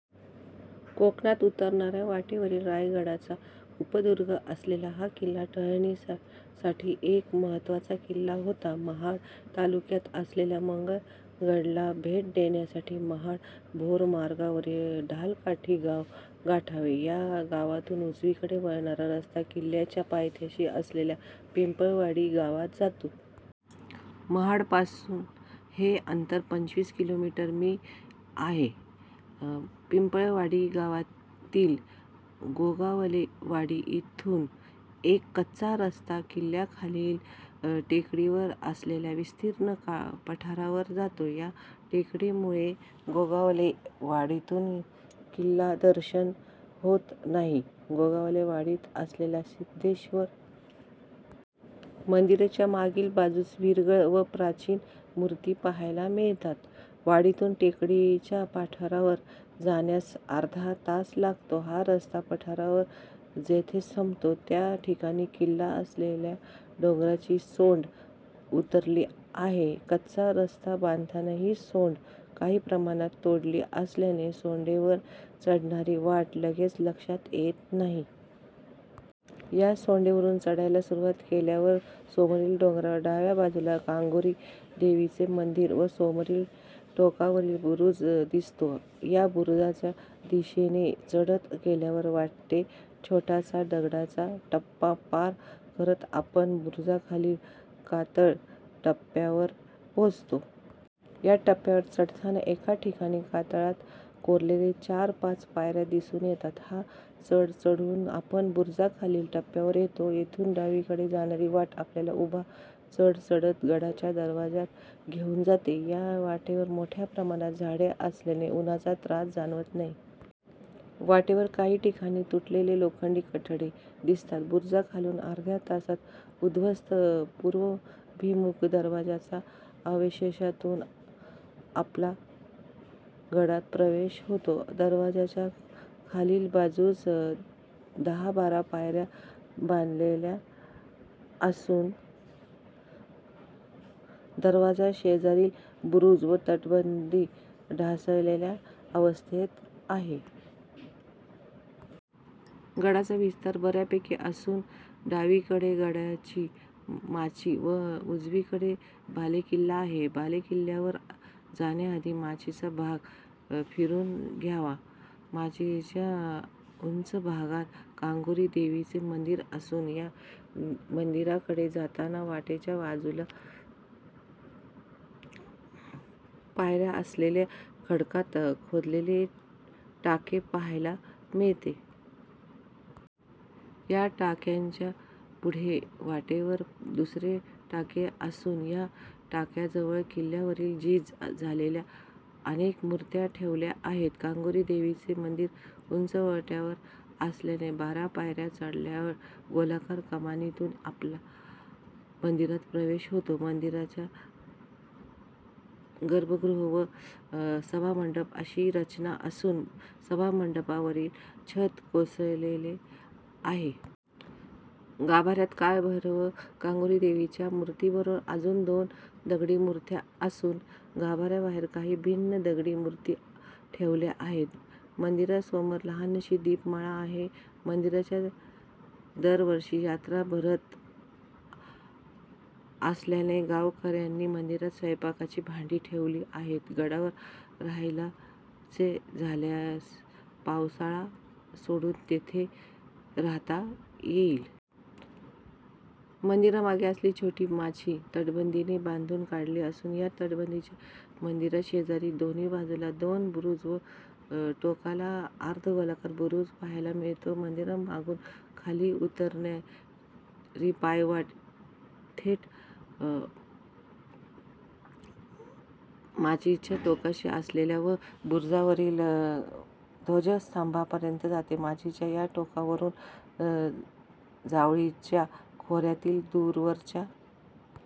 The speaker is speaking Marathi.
कोकणात उतरणाऱ्या वाटेवरील रायगडचा उपदुर्ग असलेला हा किल्ला टेहळणीसाठी एक महत्वाचा किल्ला होता. महाड तालुक्यात असलेल्या मंगळगडला भेट देण्यासाठी महाड भोर मार्गावरील ढालकाठी गाव गाठावे. या गावातुन उजवीकडे वळणारा रस्ता किल्ल्याच्या पायथ्याशी असलेल्या पिंपळवाडी गावात जातो. महाडपासून हे अंतर पंचवीस किलोमीटर. मी. आहे. पिंपळवाडी गावातील गोगावलेवाडी येथुन एक कच्चा रस्ता किल्ल्याखालील टेकडीवर असलेल्या विस्तीर्ण पठारावर जातो. या टेकडीमुळे गोगावले वाडीतुन किल्लादर्शन होत नाही. गोगावले वाडीत असलेल्या सिध्देश्वर मंदिराच्या मागील बाजूस विरगळ व प्राचीन मुर्ती पहायला मिळतात. वाडीतून टेकडीच्या पठारावर जाण्यास अर्धा तास लागतो. हा रस्ता पठारावर जेथे संपतो त्या ठिकाणी किल्ला असलेल्या डोंगराची सोंड उतरली आहे. कच्चा रस्ता बांधताना हि सोंड काही प्रमाणात तोडली असल्याने सोंडेवर चढणारी वाट लगेच लक्षात येत नाही. या सोंडेवरून चढायला सुरवात केल्यावर समोरील डोंगरावर डाव्या बाजुला कांगोरी देवीचे मंदीर व समोर टोकावरील बुरुज दिसतो. या बुरुजाच्या दिशेने चढत गेल्यावर वाटेत छोटासा दगडांचा टप्पा पार करत आपण बुरुजाखालील कातळ टप्प्यावर पोहोचतो. या टप्प्यावर चढताना एका ठिकाणी कातळात कोरलेल्या चार-पाच पायऱ्या दिसुन येतात. हा चढ चढुन आपण बुरुजाखालील टप्प्यावर येतो. येथुन डावीकडे जाणारी वाट आपल्याला उभा चढ चढत गडाच्या दरवाजात घेऊन जाते. या वाटेवर मोठया प्रमाणात झाडे असल्याने उन्हाचा त्रास जाणवत नाही. वाटेवर काही ठिकाणी तुटलेले लोखंडी कठडे दिसतात. बुरुजाखालुन अर्ध्या तासात उध्वस्त पुर्वाभिमुख दरवाजाच्या अवशेषातुन आपला गडात प्रवेश होतो. दरवाजाच्या खालील बाजूस दहाबारा पायऱ्या बांधलेल्या असुन दरवाजा शेजारील बुरुज व तटबंदी ढासळलेल्या अवस्थेत आहेत. गडाचा विस्तार बऱ्यापैकी असुन डावीकडे गडाची माची तर उजवीकडे बालेकिल्ला आहे. बालेकिल्ल्यावर जाण्याआधी माचीचा भाग फिरून घ्यावा. माचीच्या उंच भागात कांगोरी देवीचे मंदीर असुन या मंदिराकडे जाताना वाटेच्या उजव्या बाजुला पायऱ्या असलेले खडकात खोदलेले टाके पहायला मिळते. या टाक्याच्या पुढे वाटेवरच दुसरे टाके असुन या टाक्याजवळ किल्ल्यावरील झीज झालेल्या अनेक मुर्त्या ठेवल्या आहेत. कांगोरी देवीचे मंदीर उंचवट्यावर असल्याने बारा पायऱ्या चढल्यावर गोलाकार कमानीतुन आपला मंदिरात प्रवेश होतो. मंदिराची गर्भगृह व सभामंडप अशी रचना असुन सभामंडपावरील छत कोसळलेले आहे. गाभाऱ्यात काळभैरव व कांगोरीदेवीच्या मुर्तीबरोबर अजुन दोन दगडी मूर्त्या असुन गाभाऱ्याबाहेर काही भग्न दगडी मुर्ती ठेवल्या आहेत. मंदीरासमोर लहानशी दीपमाळ आहे. मंदिरात दरवर्षी यात्रा भरत असल्याने गावकऱ्यानी मंदिरात स्वयंपाकाची भांडी ठेवली आहेत. गडावर रहायचे झाल्यास पावसाळा सोडुन येथे रहाता येईल. मंदिरामागे असलेली छोटी माची तटबंदीने बांधुन काढली असुन या तटबंदीत मंदिराशेजारी दोन्ही बाजुला दोन बुरुज व टोकाला अर्धगोलाकार बुरुज पहायला मिळतो. मंदिरामागुन खाली उतरणारी पायवाट थेट माचीच्या टोकाशी असलेल्या या बुरुजावरील ध्वजस्तंभापर्यंत जाते. माचीच्या या टोकावरुन जावळीच्या खोऱ्यातील दूरवरच्या--